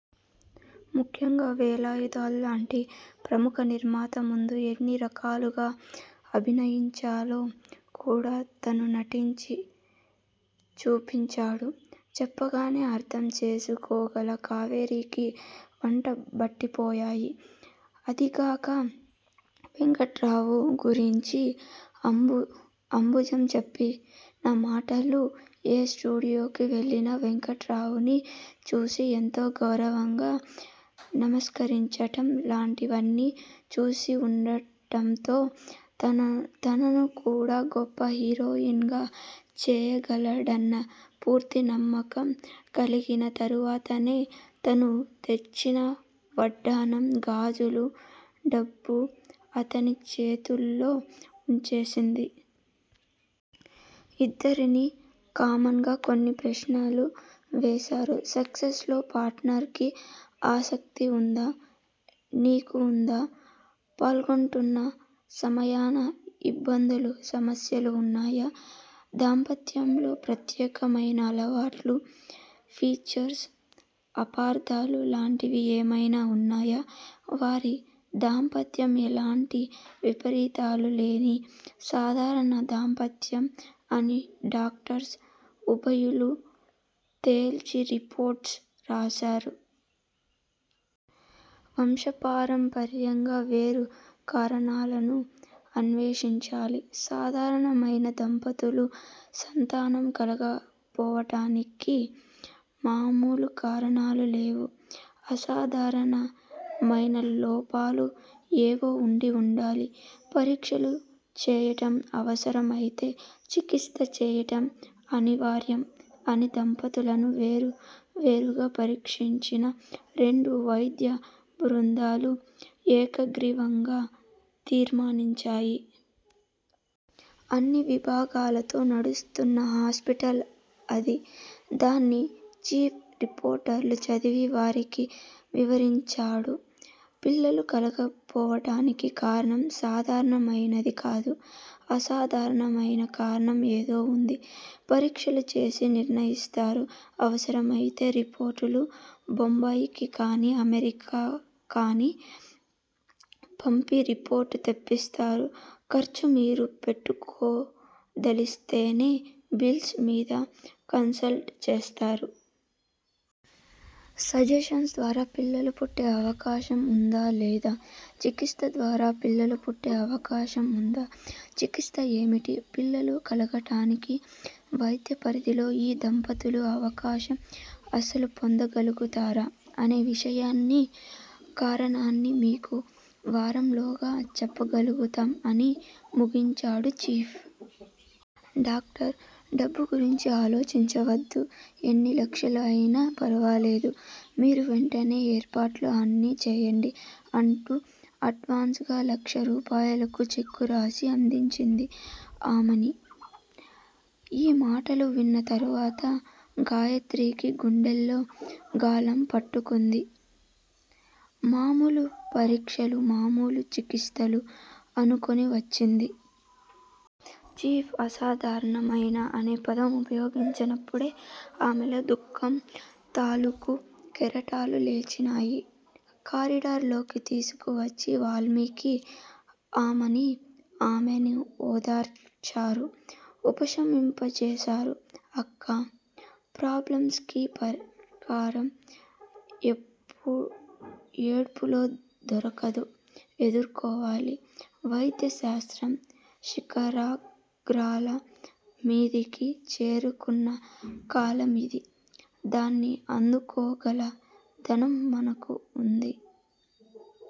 ముఖ్యంగా వేలాయుధంలాంటి ప్రముఖ నిర్మాత ముందు ఎన్ని రకాలుగా అభినయించాలో కూడా తను నటించి చూపించాడు. చెప్పగానే అర్ధం చేసుకోగల కావేరీకి వంటబట్టిపోయాయి. అదీగాక వెంకట్రావుగురించి అంబుజం చెప్పినమాటలు, ఏ స్టూడియోకి వెళ్ళినా వెంకట్రావునిచూసి ఎంతో గౌరవంగా నమస్కరించటం లాంటివన్నీ చూసివుండటంతో తననుకూడా గొప్ప హీరోయిన్ గా చేయగలడన్న పూర్తి నమ్మకం కలిగిన తరువాతనే తను తెచ్చినవడ్డాణం, గాజులు డబ్బూ అతనిచేతుల్లో వుంచేసింది. ఇద్దరిని కామన్ గా కొన్ని ప్రశ్నలు వేశారు. సెక్స్ లో పార్టనర్ కి ఆసక్తి ఉందా? నీకు ఉందా? పాల్గొంటున్న సమయాన ఇబ్బందులు సమస్యలు ఉన్నాయా? దాంపత్యంలో ప్రత్యేకమయిన అలవాట్లు, ఫీచర్స్, అపార్ధాలు లాంటివి ఏమయినా ఉన్నాయా? వారి దాంపత్యం ఎలాంటి విపరీతాలు లేని సాధారణ దాంపత్యం అని డాక్టర్స్ ఉభయులూ తేల్చి రిపోర్ట్సు రాశారు. వంశపారంపర్యంగా వేరు కారణాలను అన్వేషించాలి. సాధారణమయిన దంపతులు, సంతానం కలగపోవటానికి మాములు కారణాలు లేవు. అసాధారణ మయిన లోపాలు ఏవో వుండి ఉండాలి! పరీక్షలు చేయటం, అవసరమయితే చికిత్స చేయడం అనివార్యం అని దంపతులను వేరు వేరుగా పరీక్షించిన రెండు వైద్య బృందాలు ఏకగ్రీవంగా తీర్మానించాయి. అన్ని విభాగాలతో నడుస్తున్న హాస్పిటల్ అది. దాని చీఫ్ రిపోర్టులు చదివి వారికి వివరించాడు. పిల్లలు కలగకపోవటానికి కారణం సాధారణమయినది కాదు. అసాధారణమయిన కారణం ఏదో వుంది. పరీక్షలు చేసి నిర్ణయిస్తారు. అవసరమయితే రిపోర్టులు బొంబాయికాని అమెరికా కాని పంపి రిపోర్టు తెప్పిస్తారు. ఖర్చు మీరు పెట్టుకోదలిస్తేనే బిల్స్ మీద కన్సల్ట్ చేస్తారు. సజెషన్స్ ద్వారా పిల్లలు పుట్టే అవకాశం వుందా? లేదా? చికిత్స ద్వారా పిల్లలు పుట్టే అవకాశం వుందా? చికిత్స ఏమిటి? పిల్లలు కలగటానికి వైద్య పరిధిలో ఈ దంపతులు అవకాశం అసలు పొందగలుగుతారా? అనే విషయాన్నీ కారణాన్ని మీకు వారంలోగా చెప్పగలుగుతాం అని ముగించాడు చీఫ్. డాక్టర్! డబ్బు గురించి ఆలోచించవద్దు! ఎన్ని లక్షలయినా ఫరవాలేదు. మీరు వెంటనే ఏర్పాట్లు అన్నీ చేయండి! అంటూ అడ్వాన్స్ గా లక్షరూపాయలకు చెక్కురాసి అందించింది ఆమని! ఈ మాటలు విన్న తరువాత గాయత్రికి గుండెల్లో గాలం పట్టుకుంది. మామూలు పరీక్షలు మామూలు చికిత్సలు అనుకుని వచ్చింది. చీఫ్ అసాధారణమయిన అనే పదం ఉపయోగించినప్పుడే ఆమెలో దుఃఖం తాలూకు కెరటాలు లేచినాయి. కారిడార్ లోకి తీసుకువచ్చి వాల్మీకి ఆమని ఆమెను ఓదార్చారు. ఉపశమింపచేశారు. అక్కా! ప్రాబ్లంస్ కి పరిష్కారం ఏడుపులో దొరకదు. ఎదుర్కోవాలి! వైద్య శాస్త్రం శిఖరాగ్రాల మీదికి చేరుకున్న కాలం ఇది! దాన్ని అందుకోగల ధనం మనకు వుంది.